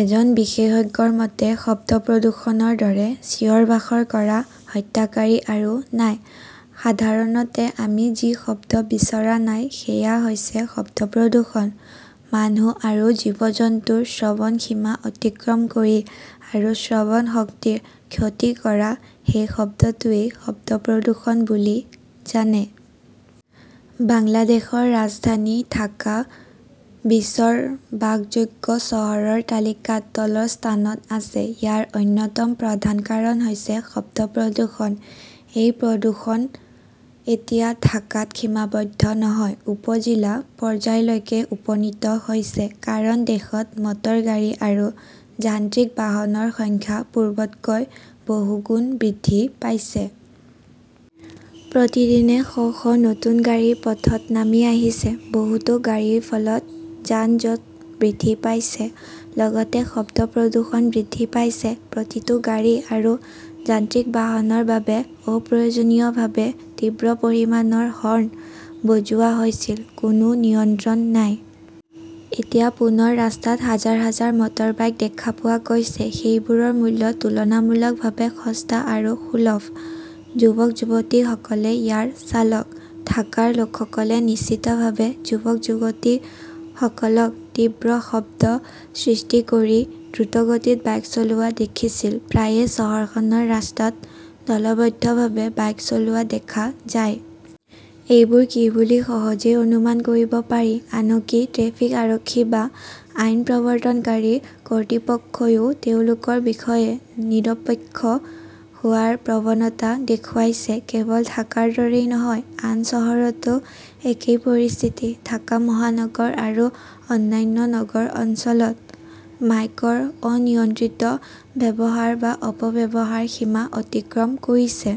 এজন বিশেষজ্ঞৰ মতে-'শব্দ প্ৰদূষণৰ দৰে চিঞৰ-বাখৰ কৰা হত্যাকাৰী আৰু নাই। সাধাৰণতে আমি যি শব্দ বিচৰা নাই সেয়া হৈছে শব্দ প্ৰদূষণ। মানুহ আৰু জীৱ-জন্তুৰ শ্ৰৱণ সীমা অতিক্ৰম কৰি আৰু শ্ৰৱণ শক্তিৰ ক্ষতি কৰা সেই শব্দটোৱেই শব্দ প্ৰদূষণ বুলি জানে। "বাংলাদেশৰ ৰাজধানী ঢাকা বিশ্বৰ বাসযোগ্য চহৰৰ তালিকাত তলৰ স্থানত আছে।"ইয়াৰ অন্যতম প্ৰধান কাৰণ হৈছে শব্দ প্ৰদূষণ। এই প্ৰদূষণ এতিয়া ঢাকাত সীমাবদ্ধ নহয়, উপ-জিলা পৰ্যায়লৈকে উপনীত হৈছে। কাৰণ দেশত মটৰ গাড়ী আৰু যান্ত্ৰিক বাহনৰ সংখ্যা পূৰ্বতকৈ বহুগুণ বৃদ্ধি পাইছে। প্ৰতিদিনে শ শ নতুন গাড়ী পথত নামি আহিছে। বহুতো গাড়ীৰ ফলত যান-জঁট বৃদ্ধি পাইছে, লগতে শব্দ প্ৰদূষণ বৃদ্ধি পাইছে। প্ৰতিটো গাড়ী আৰু যান্ত্ৰিক বাহনৰ বাবে-অপ্ৰয়োজনীয়ভাৱে তীব্ৰ পৰিমাণৰ হৰ্ণ বজোৱা হৈছিল। কোনো নিয়ন্ত্ৰণ নাই। এতিয়া পুনৰ ৰাস্তাত হাজাৰ হাজাৰ মটৰবাইক দেখা পোৱা গৈছে। সেইবোৰৰ মূল্য তুলনামূলকভাৱে সস্তা আৰু সুলভ। যুৱক-যুৱতীসকলে ইয়াৰ চালক। ঢাকাৰ লোকসকলে নিশ্চিতভাৱে যুৱক-যুৱতীসকলক তীব্ৰ শব্দ সৃষ্টি কৰি দ্ৰুতগতিত বাইক চলোৱা দেখিছিল। প্ৰায়ে চহৰখনৰ ৰাস্তাত দলবদ্ধভাৱে বাইক চলোৱা দেখা যায়। এইবোৰ কি বুলি সহজেই অনুমান কৰিব পাৰি। আনকি ট্ৰেফিক আৰক্ষী বা আইন প্ৰৱৰ্তনকাৰী কৰ্তৃপক্ষইও তেওঁলোকৰ বিষয়ে নিৰপেক্ষ হোৱাৰ প্ৰৱণতা দেখুৱাইছে। কেৱল ঢাকাৰ দৰেই নহয়, আন চহৰতো একেই পৰিস্থিতি। ঢাকা মহানগৰ আৰু অন্যান্য নগৰ অঞ্চলত মাইকৰ অনিয়ন্ত্ৰিত ব্যৱহাৰ বা অপব্যৱহাৰ সীমা অতিক্ৰম কৰিছে।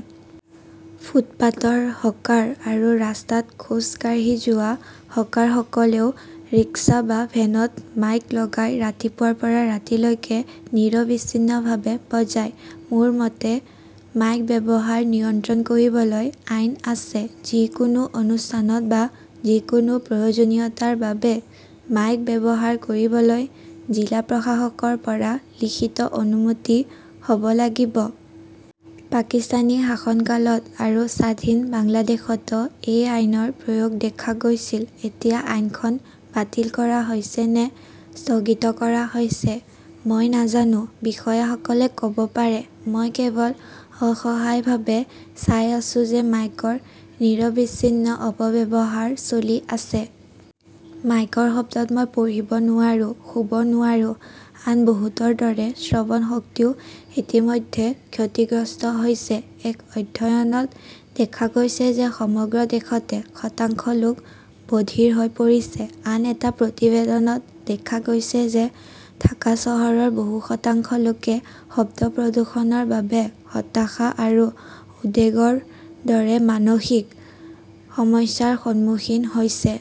ফুটপাতৰ হকাৰ আৰু ৰাস্তাত খোজ কাঢ়ি যোৱা হকাৰসকলেও ৰিক্সা বা ভেনত মাইক লগাই ৰাতিপুৱাৰ পৰা ৰাতি লৈকে নিৰবিচ্ছিন্নভাৱে বজায়। মোৰ মতে, মাইক ব্যৱহাৰ নিয়ন্ত্ৰণ কৰিবলৈ আইন আছে। যিকোনো অনুষ্ঠানত বা যিকোনো প্ৰয়োজনীয়তাৰ বাবে মাইক ব্যৱহাৰ কৰিবলৈ জিলা প্ৰশাসকৰ পৰা লিখিত অনুমতি ল'ব লাগিব। পাকিস্তানী শাসনকালত আৰু স্বাধীন বাংলাদেশতো এই আইনৰ প্ৰয়োগ দেখা গৈছিল। এতিয়া আইনখন বাতিল কৰা হৈছে নে স্থগিত কৰা হৈছে? মই নাজানো। বিষয়াসকলে ক'ব পাৰে। মই কেৱল অসহায়ভাৱে চাই আছো যে মাইকৰ নিৰবিচ্ছিন্ন অপব্যৱহাৰ চলি আছে। মাইকৰ শব্দত মই পঢ়িব নোৱাৰোঁ, শুব নোৱাৰোঁ। আন বহুতৰ দৰে শ্ৰৱণশক্তিও ইতিমধ্যে ক্ষতিগ্ৰস্ত হৈছে। এক অধ্যয়নত দেখা গৈছে যে সমগ্ৰ দেশতে শতাংশ লোক বধিৰ হৈ পৰিছে। আন এটা প্ৰতিবেদনত দেখা গৈছে যে ঢাকা চহৰৰ বহু শতাংশ লোকে শব্দ প্ৰদূষণৰ বাবে হতাশা আৰু উদ্বেগৰ দৰে মানসিক সমস্যাৰ সন্মুখীন হৈছে।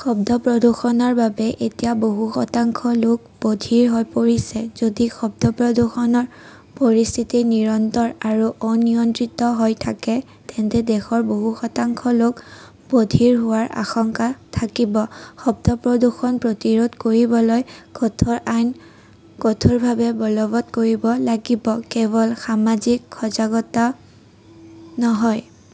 শব্দ প্ৰদূষণৰ বাবে এতিয়া বহু শতাংশ লোক বধিৰ হৈ পৰিছে। যদি শব্দ প্ৰদূষণৰ পৰিস্থিতি নিৰন্তৰ আৰু অনিয়ন্ত্ৰিত হৈ থাকে, তেন্তে দেশৰ বহু শতাংশ লোক বধিৰ হোৱাৰ আশংকা থাকিব। শব্দ প্ৰদূষণ প্ৰতিৰোধ কৰিবলৈ কঠোৰ আইন কঠোৰভাৱে বলৱৎ কৰিব লাগিব, কেৱল সামাজিক সজাগতা নহয়।